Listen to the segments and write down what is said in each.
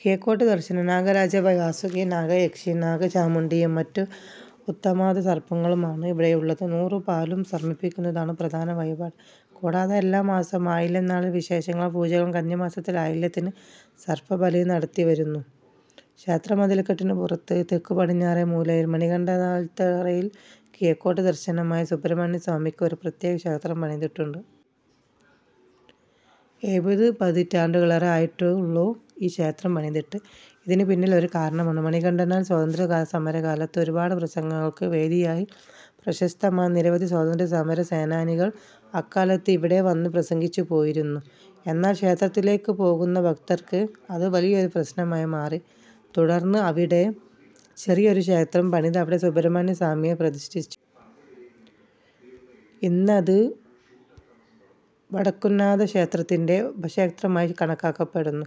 കിഴക്കോട്ട് ദർശനം. നാഗരാജാവായി വാസുകിയും നാഗയക്ഷിയും നാഗചാമുണ്ഡിയും മറ്റ് ഉത്തമാധമസർപ്പങ്ങളുമാണ് ഇവിടെയുള്ളത്. നൂറും പാലും സമർപ്പിയ്ക്കുന്നതാണ് പ്രധാന വഴിപാട്. കൂടാതെ എല്ലാമാസവും ആയില്യം നാളിൽ വിശേഷങ്ങളിൽ പൂജകളും കന്നിമാസത്തിലെ ആയില്യത്തിന് സർപ്പബലിയും നടത്തിവരുന്നു. ക്ഷേത്രമതിൽക്കെട്ടിനുപുറത്ത് തെക്കുപടിഞ്ഞാറേമൂലയിൽ മണികണ്ഠനാൽത്തറയിൽ കിഴക്കോട്ട് ദർശനമായി സുബ്രഹ്മണ്യസ്വാമിയ്ക്ക് ഒരു പ്രത്യേകക്ഷേത്രം പണിതിട്ടുണ്ട്. എഴുപതുപതിറ്റാണ്ടുകളേറെ ആയിട്ടുള്ളൂ ഈ ക്ഷേത്രം പണിതിട്ട്. ഇതിനുപിന്നിൽ ഒരു കാരണമുണ്ട്: മണികണ്ഠനാൽ സ്വാതന്ത്ര്യസമരകാലത്ത് ഒരുപാട് പ്രസംഗങ്ങൾക്ക് വേദിയായി. പ്രശസ്‌തമായ നിരവധി സ്വാതന്ത്ര്യസമരസേനാനികൾ അക്കാലത്ത് ഇവിടെ വന്ന് പ്രസംഗിച്ചുപോയിരുന്നു. എന്നാൽ ക്ഷേത്രത്തിലേയ്ക്കുപോകുന്ന ഭക്തർക്ക് അത് വലിയൊരു പ്രശ്നമായി മാറി. തുടർന്ന് അവിടെ ചെറിയൊരു ക്ഷേത്രം പണിത് അവിടെ സുബ്രഹ്മണ്യസ്വാമിയെ പ്രതിഷ്ഠിച്ചു. ഇന്നത് വടക്കുംനാഥക്ഷേത്രത്തിന്റെ ഉപക്ഷേത്രമായി കണക്കാക്കപ്പെടുന്നു.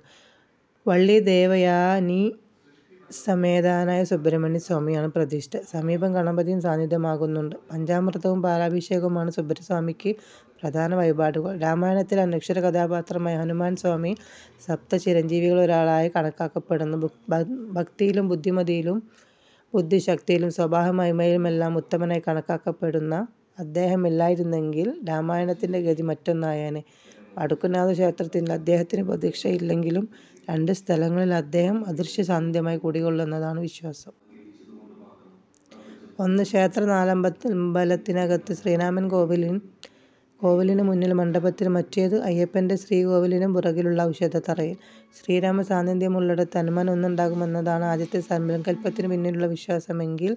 വള്ളീദേവയാനീസമേതനായ സുബ്രഹ്മണ്യസ്വാമിയാണ് പ്രതിഷ്ഠ. സമീപം ഗണപതിയും സാന്നിദ്ധ്യമാകുന്നുണ്ട്. പഞ്ചാമൃതവും പാലഭിഷേകവുമാണ് സുബ്രഹ്മണ്യസ്വാമിയ്ക്ക് പ്രധാന വഴിപാടുകൾ. രാമായണത്തിലെ അനശ്വരകഥാപാത്രമായ ഹനുമാൻ സ്വാമി സപ്തചിരഞ്ജീവികളിലൊരാളായി കണക്കാക്കപ്പെടുന്നു. ഭക്തിയിലും ബുദ്ധിശക്തിയിലും സ്വഭാവമഹിമയിലുമെല്ലാം ഉത്തമനായി കണക്കാക്കപ്പെടുന്ന അദ്ദേഹമില്ലായിരുന്നുവെങ്കിൽ രാമായണത്തിന്റെ ഗതി മറ്റൊന്നായേനെ. വടക്കുംനാഥക്ഷേത്രത്തിൽ അദ്ദേഹത്തിന് പ്രതിഷ്ഠയില്ലെങ്കിലും രണ്ട് സ്ഥലങ്ങളിൽ അദ്ദേഹം അദൃശ്യസാന്നിദ്ധ്യമായി കുടികൊള്ളുന്നതാണ് വിശ്വാസം. ഒന്ന്, ക്ഷേത്രനാലമ്പലത്തിനകത്ത് ശ്രീരാമൻ കോവിലിന് മുന്നിൽ മണ്ഡപത്തിൽ; മറ്റേത്, അയ്യപ്പന്റെ ശ്രീകോവിലിനുപുറകിലുള്ള ഔഷധത്തറയിൽ. ശ്രീരാമസാന്നിദ്ധ്യമുള്ളിടത്ത് ഹനുമാൻ എന്നുമുണ്ടാകുമെന്നതാണ് ആദ്യത്തെ സങ്കല്പത്തിനുപിന്നിലുള്ള വിശ്വാസമെങ്കിൽ,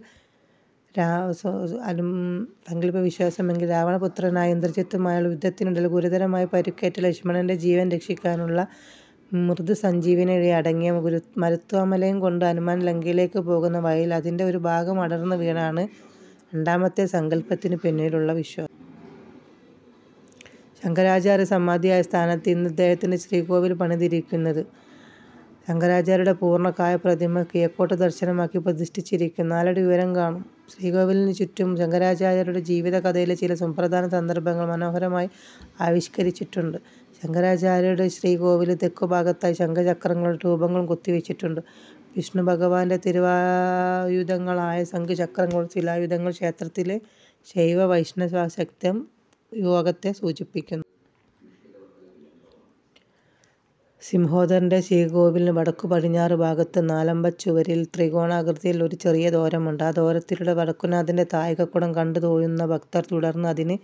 രാവണപുത്രനായ ഇന്ദ്രജിത്തുമായുള്ള യുദ്ധത്തിനിടയിൽ ഗുരുതരമായി പരുക്കേറ്റ ലക്ഷ്മണന്റെ ജീവൻ രക്ഷിയ്ക്കാനുള്ള മൃതസഞ്ജീവനിയടങ്ങിയ മരുത്വാമലയും കൊണ്ട് ഹനുമാൻ ലങ്കയിലേയ്ക്കുപോകുന്ന വഴിയിൽ അതിന്റെ ഒരുഭാഗം അടർന്നുവീണതാണ് രണ്ടാമത്തെ സങ്കല്പത്തിനുപിന്നിലുള്ള വിശ്വാസം. ശങ്കരാചാര്യർ സമാധിയായ സ്ഥാനത്താണ് ഇന്ന് അദ്ദേഹത്തിന്റെ ശ്രീകോവിൽ പണിതിരിയ്ക്കുന്നത്. ശങ്കരാചാര്യരുടെ പൂർണകായപ്രതിമ കിഴക്കോട്ട് ദർശനമാക്കി പ്രതിഷ്ഠിച്ചിരിയ്ക്കുന്നു. നാലടി ഉയരം കാണും. ശ്രീകോവിലിനുചുറ്റും ശങ്കരാചാര്യരുടെ ജീവിതകഥയിലെ ചില സുപ്രധാന സന്ദർഭങ്ങൾ മനോഹരമായി ആവിഷ്കരിച്ചിട്ടുണ്ട്. ശങ്കരാചാര്യരുടെ ശ്രീകോവിലിന് തെക്കുഭാഗത്തായി ശംഖചക്രങ്ങളുടെ രൂപങ്ങളും കൊത്തിവച്ചിട്ടുണ്ട്. വിഷ്ണുഭഗവാന്റെ തിരുവായുധങ്ങളായ ശംഖചക്രങ്ങളുടെ ശിലായുധങ്ങൾ ക്ഷേത്രത്തിൽ ശൈവവൈഷ്ണവശക്തിസംയോഗത്തെ സൂചിപ്പിയ്ക്കുന്നു. സിംഹോദരന്റെ ശ്രീകോവിലിന് വടക്കുപടിഞ്ഞാറുഭാഗത്ത് നാലമ്പലച്ചുവരിൽ ത്രികോണാകൃതിയിൽ ഒരു ചെറിയ ദ്വാരമുണ്ട്. ആ ദ്വാരത്തിലൂടെ വടക്കുംനാഥന്റെ താഴികക്കുടം കണ്ടുതൊഴുന്ന ഭക്തർ തുടർന്ന് അതിന്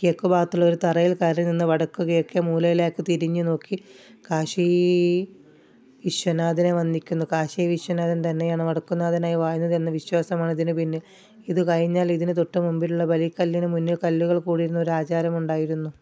കിഴക്കുഭാഗത്തുള്ള ഒരു തറയിൽ കയറിനിന്ന് വടക്കുകിഴക്കേമൂലയിലേയ്ക്ക് തിരിഞ്ഞുനോക്കി കാശീവിശ്വനാഥനെ വന്ദിയ്ക്കുന്നു. കാശീവിശ്വനാഥൻ തന്നെയാണ് വടക്കുംനാഥനായി വാഴുന്നത് എന്ന വിശ്വാസമാണ് ഇതിനുപിന്നിൽ. ഇതുകഴിഞ്ഞാൽ ഇതിന് തൊട്ടുമുമ്പിലുള്ള ബലിക്കല്ലിന് മുകളിൽ കല്ലുകൾ കൂട്ടിയിടുന്ന ഒരു ആചാരമുണ്ടായിരുന്നു.